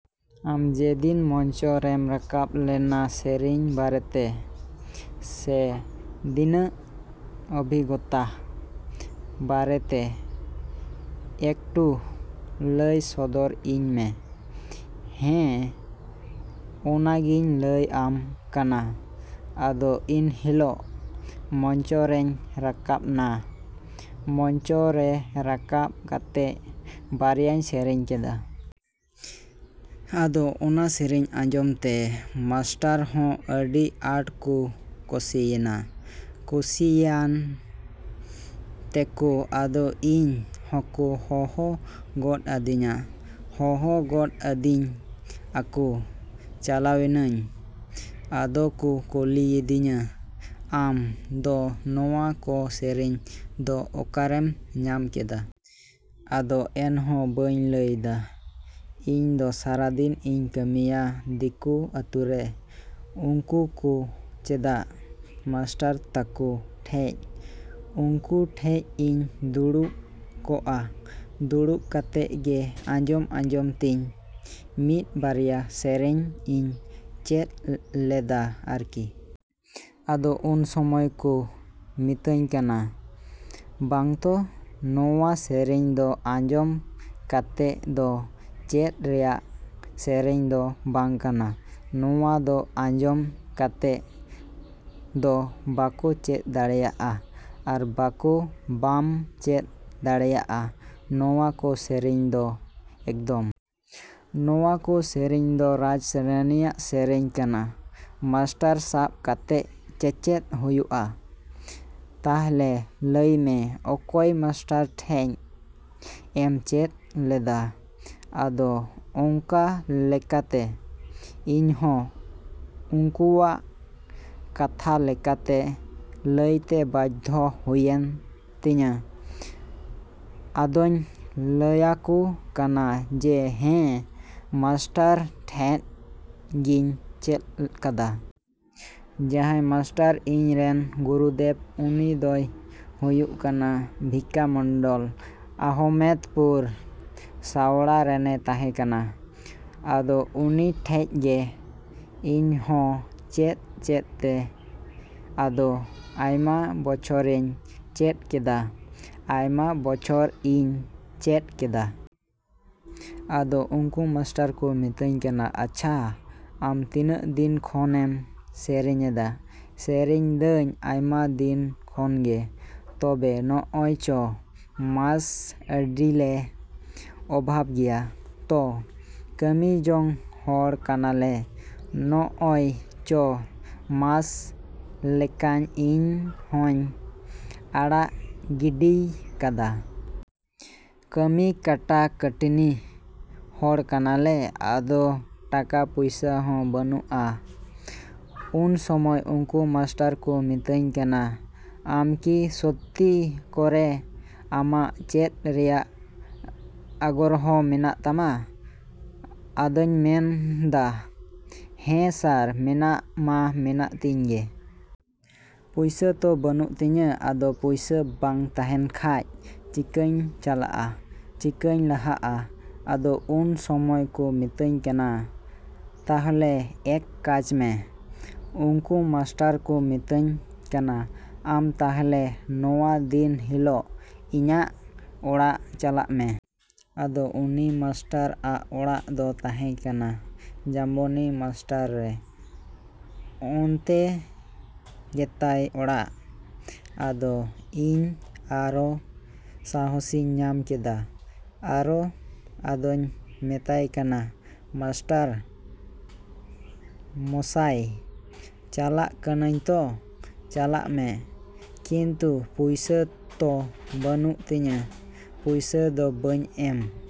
ᱟᱢ ᱡᱮᱫᱤᱱ ᱢᱚᱧᱪᱚ ᱨᱮᱢ ᱨᱟᱠᱟᱵ ᱞᱮᱱᱟ ᱥᱮᱨᱮᱧ ᱵᱟᱨᱮᱛᱮ, ᱥᱮ ᱫᱤᱱᱟᱜ ᱚᱵᱷᱤᱜᱚᱛᱟ ᱵᱟᱨᱮᱛᱮ ᱮᱠᱴᱩ ᱞᱟᱹᱭ ᱥᱚᱫᱚᱨ ᱤᱧ ᱢᱮ᱾ ᱦᱮᱸ, ᱚᱱᱟᱜᱤᱧ ᱞᱟᱹᱭ ᱟᱢ ᱠᱟᱱᱟ᱾ ᱟᱫᱚ ᱮᱱᱦᱤᱞᱳᱜ ᱢᱚᱧᱪᱚᱨᱮᱧ ᱨᱟᱠᱟᱵᱱᱟ᱾ ᱢᱚᱧᱪᱚ ᱨᱮ ᱨᱟᱠᱟᱵᱽ ᱠᱟᱛᱮᱜ ᱵᱟᱨᱭᱟᱧ ᱥᱮᱨᱮᱧ ᱠᱮᱫᱟ᱾ ᱟᱫᱚ ᱚᱱᱟ ᱥᱮᱨᱮᱧ ᱟᱸᱡᱚᱢᱛᱮ ᱢᱟᱥᱴᱟᱨᱦᱚᱸ ᱟᱹᱰᱤ ᱟᱸᱴ ᱠᱚ ᱠᱩᱥᱤᱭᱮᱱᱟ᱾ ᱠᱩᱥᱤᱭᱟᱱ ᱛᱮᱠᱚ ᱟᱫᱚ ᱤᱧ ᱦᱚᱸᱠᱚ ᱦᱚᱦᱚ ᱜᱚᱫ ᱟᱹᱫᱤᱧᱟ᱾ ᱦᱚᱦᱚ ᱜᱚᱫ ᱟᱹᱫᱤᱧ ᱟᱠᱚ, ᱪᱟᱞᱟᱣᱱᱟᱧ᱾ ᱟᱫᱚ ᱠᱚ ᱠᱩᱞᱤᱭᱮᱫᱤᱧᱟ, “ᱟᱢ ᱫᱚ ᱱᱚᱣᱟ ᱠᱚ ᱥᱮᱨᱮᱧ ᱫᱚ ᱚᱠᱟᱨᱮᱢ ᱧᱟᱢ ᱠᱮᱫᱟ”? ᱟᱫᱚ ᱮᱱᱦᱚᱸ ᱵᱟᱹᱧ ᱞᱟᱹᱭᱫᱟ᱾ “ᱤᱧᱫᱚ ᱥᱟᱨᱟᱫᱤᱱ ᱤᱧ ᱠᱟᱹᱢᱤᱭᱟ ᱫᱤᱠᱩ ᱟᱹᱛᱩᱨᱮ᱾ ᱩᱱᱠᱩ ᱠᱚ ᱪᱮᱫᱟᱜ ᱢᱟᱥᱴᱟᱨ ᱛᱟᱠᱚ ᱴᱷᱮᱡ, ᱩᱱᱠᱩ ᱴᱷᱮᱡ ᱤᱧ ᱫᱩᱲᱩᱵᱽ ᱠᱚᱜᱼᱟ᱾ ᱫᱩᱲᱩᱵ ᱠᱟᱛᱮᱜ ᱜᱮ ᱟᱸᱡᱚᱢ ᱟᱸᱡᱚᱢ ᱛᱤᱧ ᱢᱤᱫ ᱵᱟᱨᱭᱟ ᱥᱮᱨᱮᱧ ᱤᱧ ᱪᱮᱫ ᱞᱮᱫᱟ ᱟᱨᱠᱤ”᱾ ᱟᱫᱚ ᱩᱱ ᱥᱚᱢᱚᱭ ᱠᱚ ᱢᱮᱛᱤᱧ ᱠᱟᱱᱟ, “ᱵᱟᱝᱛᱚ, ᱱᱚᱣᱟ ᱥᱮᱨᱮᱧ ᱫᱚ ᱟᱸᱡᱚᱢ ᱠᱟᱛᱮᱜ ᱫᱚ ᱪᱮᱫ ᱨᱮᱭᱟᱜ ᱥᱮᱨᱮᱧ ᱫᱚ ᱵᱟᱝ ᱠᱟᱱᱟ᱾ ᱱᱚᱣᱟ ᱫᱚ ᱟᱸᱡᱚᱢ ᱠᱟᱛᱮᱜ ᱫᱚ ᱵᱟᱠᱚ ᱪᱮᱫ ᱫᱟᱲᱮᱭᱟᱜᱼᱟ ᱟᱨ ᱵᱟᱠᱚ ᱵᱟᱢ ᱪᱮᱫ ᱫᱟᱲᱮᱭᱟᱜᱼᱟ ᱱᱚᱣᱟ ᱠᱚ ᱥᱮᱨᱮᱧ ᱫᱚ ᱮᱠᱫᱚᱢ᱾ ᱱᱚᱣᱟ ᱠᱚ ᱥᱮᱨᱮᱧ ᱫᱚ ᱨᱟᱡ ᱨᱟᱱᱤᱭᱟᱜ ᱥᱮᱨᱮᱧ ᱠᱟᱱᱟ᱾ ᱢᱟᱥᱴᱟᱨ ᱥᱟᱵ ᱠᱟᱛᱮᱜ ᱪᱮᱪᱮᱫ ᱦᱩᱭᱩᱜ-ᱟ᱾ ᱛᱟᱦᱞᱮ ᱞᱟᱹᱭᱢᱮ ᱚᱠᱚᱭ ᱢᱟᱥᱴᱟᱨ ᱴᱷᱮᱡ ᱮᱢ ᱪᱮᱫ ᱞᱮᱫᱟ”? ᱟᱫᱚ ᱚᱱᱠᱟ ᱞᱮᱠᱟᱛᱮ ᱤᱧᱦᱚᱸ ᱩᱱᱠᱩᱣᱟᱜ ᱠᱟᱛᱷᱟ ᱞᱮᱠᱟᱛᱮ ᱞᱟᱹᱭᱛᱮ ᱵᱟᱫᱽᱫᱷᱚ ᱦᱩᱭᱮᱱ ᱛᱤᱧᱟ᱾ ᱟᱫᱚᱧ ᱞᱟᱹᱭᱟᱠᱚ ᱠᱟᱱᱟ ᱡᱮ, “ᱦᱮᱸ, ᱢᱟᱥᱴᱟᱨ ᱴᱷᱮᱡ ᱜᱤᱧ ᱪᱮᱫ ᱠᱟᱫᱟ᱾ ᱡᱟᱸᱦᱟᱭ ᱢᱟᱥᱴᱟᱨ ᱤᱧ ᱨᱮᱱ ᱜᱩᱨᱩᱫᱮᱵ, ᱩᱱᱤ ᱫᱚᱭ ᱦᱩᱭᱩᱜ ᱠᱟᱱᱟ ᱵᱷᱤᱠᱠᱟ ᱢᱚᱱᱰᱚᱞ, ᱟᱦᱚᱢᱮᱫᱱᱯᱩᱨ ᱥᱟᱣᱲᱟ ᱨᱮᱱᱮ ᱛᱟᱸᱦᱮ ᱠᱟᱱᱟ᱾ ᱟᱫᱚ ᱩᱱᱤ ᱴᱷᱮᱡ ᱜᱮ ᱤᱧᱦᱚᱸ ᱪᱮᱫ ᱪᱮᱫᱛᱮ ᱟᱫᱚ ᱟᱭᱢᱟ ᱵᱚᱪᱷᱚᱨᱤᱧ ᱪᱮᱫ ᱠᱮᱫᱟ”᱾ ᱟᱭᱢᱟ ᱵᱚᱪᱷᱚᱨ ᱤᱧ ᱪᱮᱫ ᱠᱮᱫᱟ᱾ ᱟᱫᱚ ᱩᱱᱠᱩ ᱢᱟᱥᱴᱟᱨ ᱠᱚ ᱢᱤᱛᱟᱹᱧ ᱠᱟᱱᱟ, “ᱟᱪᱪᱷᱟ, ᱟᱢ ᱛᱤᱱᱟᱹᱜ ᱫᱤᱱ ᱠᱷᱚᱱᱮᱢ ᱥᱮᱨᱮᱧᱮᱫᱟ”? “ᱥᱮᱨᱮᱧ ᱫᱟᱹᱧ ᱟᱭᱢᱟ ᱫᱤᱱ ᱠᱷᱚᱱᱜᱮ᱾ ᱛᱚᱵᱮ ᱱᱚᱜ-ᱚᱭ ᱪᱷᱚ ᱢᱟᱥ ᱟᱹᱰᱤᱞᱮ ᱚᱵᱷᱟᱵ ᱜᱮᱭᱟ ᱛᱚ, ᱠᱟᱹᱢᱤ ᱡᱚᱝ ᱦᱚᱲ ᱠᱟᱱᱟᱞᱮ᱾ ᱱᱚᱜ ᱚᱭ ᱪᱷᱚ ᱢᱟᱥ ᱞᱮᱠᱟᱧ ᱤᱧ ᱦᱚᱧ ᱟᱲᱟᱜ ᱜᱤᱰᱤᱭ ᱠᱟᱫᱟ᱾ ᱠᱟᱹᱢᱤ ᱠᱷᱟᱴᱟ ᱠᱷᱟᱴᱱᱤ ᱦᱚᱲ ᱠᱟᱱᱟᱞᱮ᱾ ᱟᱫᱚ ᱴᱟᱠᱟ ᱯᱚᱭᱥᱟ ᱦᱚᱸ ᱵᱟᱹᱱᱩᱜ-ᱟ”᱾ ᱩᱱ ᱥᱚᱢᱚᱭ ᱩᱱᱠᱩ ᱢᱟᱥᱴᱟᱨ ᱠᱚ ᱢᱤᱛᱟᱹᱧ ᱠᱟᱱᱟ, “ᱟᱢᱠᱤ ᱥᱚᱛᱛᱤ ᱠᱚᱨᱮ ᱟᱢᱟᱜ ᱪᱮᱫ ᱨᱮᱭᱟᱜ ᱟᱜᱽᱨᱚᱦᱚᱸ ᱢᱮᱱᱟᱜ ᱛᱟᱢᱟ”? ᱟᱫᱚᱧ ᱢᱮᱱᱫᱟ, “ᱦᱮᱸ ᱥᱟᱨ, ᱢᱮᱱᱟᱜ ᱢᱟ ᱢᱮᱱᱟᱜ ᱛᱤᱧ ᱜᱮ᱾ ᱯᱚᱭᱥᱟ ᱛᱚ ᱵᱟᱹᱱᱩᱜ ᱛᱤᱧᱟ”᱾ ᱟᱫᱚ, “ᱯᱚᱭᱥᱟ ᱵᱟᱝ ᱛᱟᱸᱦᱮᱱ ᱠᱷᱟᱡ ᱪᱤᱠᱟᱧ ᱪᱟᱞᱟᱜ-ᱟ? ᱪᱤᱠᱟᱹᱧ ᱞᱟᱦᱟᱜ-ᱟ”? ᱟᱫᱚ ᱩᱱ ᱥᱚᱢᱚᱭ ᱠᱚ ᱢᱤᱛᱟᱹᱧ ᱠᱟᱱᱟ, “ᱛᱟᱦᱞᱮ ᱮᱠ ᱠᱟᱡᱢᱮ”, ᱩᱱᱠᱩ ᱢᱟᱥᱴᱟᱨ ᱠᱚ ᱢᱮᱛᱟᱹᱧ ᱠᱟᱱᱟ, “ᱟᱢ ᱛᱟᱦᱞᱮ ᱱᱚᱣᱟ ᱫᱤᱱ ᱦᱤᱞᱳᱜ ᱤᱧᱟᱹᱜ ᱚᱲᱟᱜ ᱪᱟᱞᱟᱜ ᱢᱮ”᱾ ᱟᱫᱚ ᱩᱱᱤ ᱢᱟᱥᱴᱟᱨ ᱟᱜ ᱚᱲᱟᱜ ᱫᱚ ᱛᱟᱸᱦᱮ ᱠᱟᱱᱟ ᱡᱟᱢᱵᱚᱱᱤ ᱵᱟᱥᱴᱮᱱᱰᱨᱮ᱾ ᱚᱱᱛᱮ ᱜᱮᱛᱟᱭ ᱚᱲᱟᱜ᱾ ᱟᱫᱚ ᱤᱧᱦᱸ ᱟᱨᱚ ᱥᱟᱦᱚᱥᱤᱧ ᱧᱟᱢ ᱠᱮᱫᱟ᱾ ᱟᱨᱚ ᱟᱫᱚᱧ ᱢᱮᱛᱟᱭ ᱠᱟᱱᱟ, ᱢᱟᱥᱴᱟᱨ ᱢᱚᱥᱟᱭ, ᱪᱟᱞᱟᱜ ᱠᱟᱱᱟᱧ ᱛᱚ? “ᱪᱟᱞᱟᱜ ᱢᱮ᱾ ᱠᱤᱱᱛᱩ ᱯᱚᱭᱥᱟ ᱛᱚ ᱵᱟᱹᱱᱩᱜ ᱛᱤᱧᱟᱹ᱾ ᱯᱚᱭᱥᱟ ᱫᱚ ᱵᱟᱹᱧ ᱮᱢ”